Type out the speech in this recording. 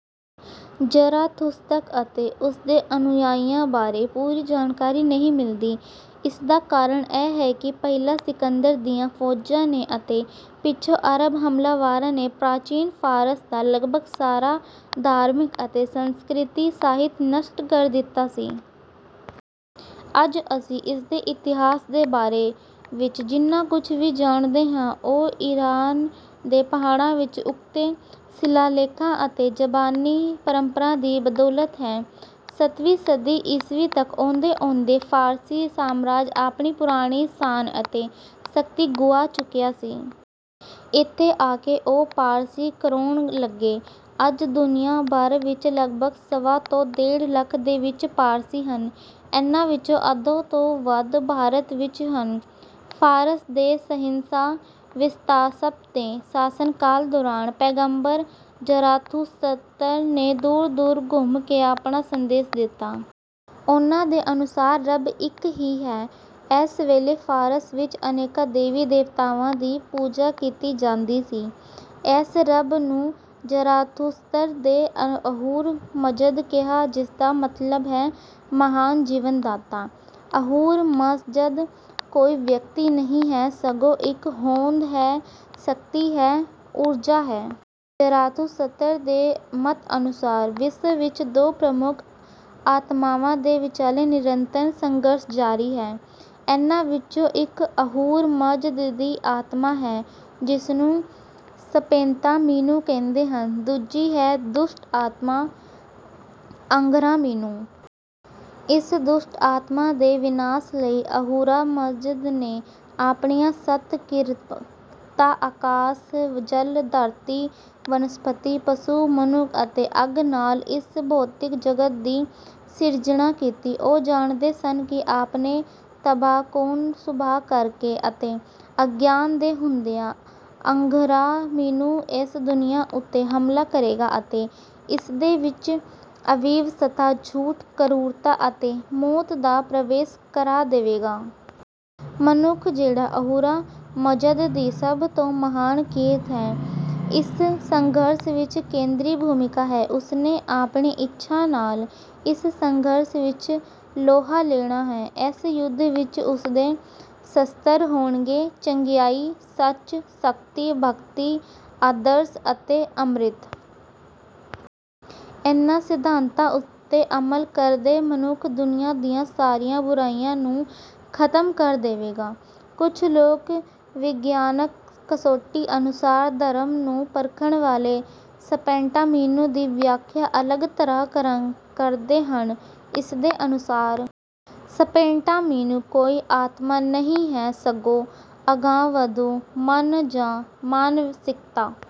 ਜ਼ਰਾਥੂਸਤਰ ਅਤੇ ਉਸਦੇ ਅਨੁਯਾਈਆਂ ਬਾਰੇ ਪੂਰੀ ਜਾਣਕਾਰੀ ਨਹੀਂ ਮਿਲਦੀ। ਇਸਦਾ ਕਾਰਨ ਇਹ ਹੈ ਕਿ ਪਹਿਲਾਂ ਸਿਕੰਦਰ ਦੀਆਂ ਫੌਜਾਂ ਨੇ ਅਤੇ ਪਿੱਛੋਂ ਅਰਬ ਹਮਲਾਵਰਾਂ ਨੇ ਪ੍ਰਾਚੀਨ ਫ਼ਾਰਸ ਦਾ ਲਗਭਗ ਸਾਰਾ ਧਾਰਮਿਕ ਅਤੇ ਸੰਸਕ੍ਰਿਤਿਕ ਸਾਹਿਤ ਨਸ਼ਟ ਕਰ ਦਿੱਤਾ ਸੀ। ਅੱਜ ਅਸੀਂ ਇਸਦੇ ਇਤਿਹਾਸ ਦੇ ਬਾਰੇ ਵਿੱਚ ਜਿੰਨਾ ਕੁਝ ਵੀ ਜਾਣਦੇ ਹਾਂ ਉਹ ਈਰਾਨ ਦੇ ਪਹਾੜਾਂ ਵਿੱਚ ਉੱਕਰੇ ਸ਼ਿਲਾਲੇਖਾਂ ਅਤੇ ਜ਼ਬਾਨੀ ਪਰੰਪਰਾ ਦੀ ਬਦੌਲਤ ਹੈ। ਸੱਤਵੀਂ ਸਦੀ ਈਸਵੀ ਤੱਕ ਆਉਂਦੇ ਆਉਂਦੇ ਫ਼ਾਰਸੀ ਸਾਮਰਾਜ ਆਪਣੀ ਪੁਰਾਣੀ ਸ਼ਾਨ ਅਤੇ ਸ਼ਕਤੀ ਗੁਆ ਚੁੱਕਿਆ ਸੀ। ਇੱਥੇ ਆਕੇ ਉਹ ਪਾਰਸੀ ਕਰਾਉਣ ਲੱਗੇ। ਅੱਜ ਦੁਨੀਆਂ ਭਰ ਵਿੱਚ ਲਗਭਗ ਸਵਾ ਤੋਂ ਡੇਢ ਲੱਖ ਦੇ ਵਿੱਚ ਪਾਰਸੀ ਹਨ। ਇਹਨਾਂ ਵਿੱਚੋਂ ਅੱਧੇ ਤੋਂ ਵੱਧ ਭਾਰਤ ਵਿੱਚ ਹਨ। ਫ਼ਾਰਸ ਦੇ ਸ਼ਹਿਨਸ਼ਾਹ ਵਿਸ਼ਤਾਸਪ ਦੇ ਸ਼ਾਸਨਕਾਲ ਦੌਰਾਨ ਪੈਗੰਬਰ ਜ਼ਰਾਥੂਸਤਰ ਨੇ ਦੂਰ ਦੂਰ ਘੁੰਮ ਕੇ ਆਪਣਾ ਸੰਦੇਸ਼ ਦਿੱਤਾ। ਉਹਨਾਂ ਦੇ ਅਨੁਸਾਰ ਰੱਬ ਇੱਕ ਹੀ ਹੈ। ਉਸ ਵੇਲੇ ਫ਼ਾਰਸ ਵਿੱਚ ਅਨੇਕਾਂ ਦੇਵੀ ਦੇਵਤਾਵਾਂ ਦੀ ਪੂਜਾ ਕੀਤੀ ਜਾਂਦੀ ਸੀ। ਇਸ ਰੱਬ ਨੂੰ ਜ਼ਰਾਥੂਸਤਰ ਨੇ ਅਹੁਰ ਮਜ਼ਦ ਕਿਹਾ ਜਿਸਦਾ ਮਤਲਬ ਹੈ ਮਹਾਨ ਜੀਵਨਦਾਤਾ। ਅਹੁਰ ਮਜ਼ਦ ਕੋਈ ਵਿਅਕਤੀ ਨਹੀਂ ਹੈ ਸਗੋਂ ਇੱਕ ਹੋਂਦ ਹੈ ਸ਼ਕਤੀ ਹੈ ਊਰਜਾ ਹੈ। ਜ਼ਰਾਥੂਸਤਰ ਦੇ ਮਤ ਅਨੁਸਾਰ ਵਿਸ਼ਵ ਵਿੱਚ ਦੋ ਪ੍ਰਮੁੱਖ ਆਤਮਾਵਾਂ ਦੇ ਵਿਚਾਲੇ ਨਿਰੰਤਰ ਸੰਘਰਸ਼ ਜਾਰੀ ਹੈ। ਇਹਨਾਂ ਵਿੱਚੋਂ ਇੱਕ ਅਹੁਰ ਮਜ਼ਦ ਦੀ ਆਤਮਾ ਹੈ ਜਿਸਨੂੰ ਸਪੇਂਤਾ ਮੀਨੂ ਕਹਿੰਦੇ ਹਨ। ਦੂਜੀ ਹੈ ਦੁਸ਼ਟ ਆਤਮਾ ਅੰਘਰਾ ਮੀਨੂ। ਇਸ ਦੁਸ਼ਟ ਆਤਮਾ ਦੇ ਵਿਨਾਸ਼ ਲਈ ਅਹੁਰਾ ਮਜ਼ਦ ਨੇ ਆਪਣੀਆਂ ਸੱਤ ਕਿਰਤਾਂ ਆਕਾਸ਼ ਜਲ ਧਰਤੀ ਵਨਸਪਤੀ ਪਸ਼ੂ ਮਨੁੱਖ ਅਤੇ ਅੱਗ ਨਾਲ਼ ਇਸ ਭੌਤਿਕ ਜਗਤ ਦੀ ਸਿਰਜਣਾ ਕੀਤੀ। ਉਹ ਜਾਣਦੇ ਸਨ ਕਿ ਆਪਣੇ ਤਬਾਹਕੁੰਨ ਸੁਭਾਅ ਕਰਕੇ ਅਤੇ ਅਗਿਆਨ ਦੇ ਹੁੰਦਿਆਂ ਅੰਘਰਾ ਮੀਨੂ ਇਸ ਦੁਨੀਆਂ ਉੱਤੇ ਹਮਲਾ ਕਰੇਗਾ ਅਤੇ ਇਸਦੇ ਵਿੱਚ ਅਵਿਵਸਥਾ ਝੂਠ ਕਰੂਰਤਾ ਅਤੇ ਮੌਤ ਦਾ ਪ੍ਰਵੇਸ਼ ਕਰਾ ਦੇਵੇਗਾ। ਮਨੁੱਖ ਜਿਹੜਾ ਅਹੁਰਾ ਮਜ਼ਦ ਦੀ ਸਭ ਤੋਂ ਮਹਾਨ ਕਿਰਤ ਹੈ ਇਸ ਸੰਘਰਸ਼ ਵਿੱਚ ਕੇਂਦਰੀ ਭੂਮਿਕਾ ਹੈ। ਉਸਨੇ ਆਪਣੀ ਇੱਛਾ ਨਾਲ਼ ਇਸ ਸੰਘਰਸ਼ ਵਿੱਚ ਲੋਹਾ ਲੈਣਾ ਹੈ। ਇਸ ਯੁੱਧ ਵਿੱਚ ਉਸਦੇ ਸ਼ਸਤਰ ਹੋਣਗੇ ਚੰਗਿਆਈ ਸੱਚ ਸ਼ਕਤੀ ਭਗਤੀ ਆਦਰਸ਼ ਅਤੇ ਅਮ੍ਰਿਤ। ਇਹਨਾਂ ਸਿਧਾਂਤਾਂ ਉੱਤੇ ਅਮਲ ਕਰਕੇ ਮਨੁੱਖ ਦੁਨੀਆਂ ਦੀਆਂ ਸਾਰੀਆਂ ਬੁਰਾਈਆਂ ਨੂੰ ਖ਼ਤਮ ਕਰ ਦੇਵੇਗਾ। ਕੁਝ ਲੋਕ ਵਿਗਿਆਨਕ ਕਸੌਟੀ ਅਨੁਸਾਰ ਧਰਮ ਨੂੰ ਪਰਖਣ ਵਾਲੇ ਸਪੇਂਤਾ ਮੀਨੂ ਦੀ ਵਿਆਖਿਆ ਅਲੱਗ ਤਰ੍ਹਾਂ ਕਰਦੇ ਹਨ। ਇਸਦੇ ਅਨੁਸਾਰ ਸਪੇਂਤਾ ਮੀਨੂ ਕੋਈ ਆਤਮਾ ਨਹੀਂ ਹੈ ਸਗੋਂ ਅਗਾਂਹਵਧੂ ਮਨ ਜਾਂ ਮਾਨਸਿਕਤਾ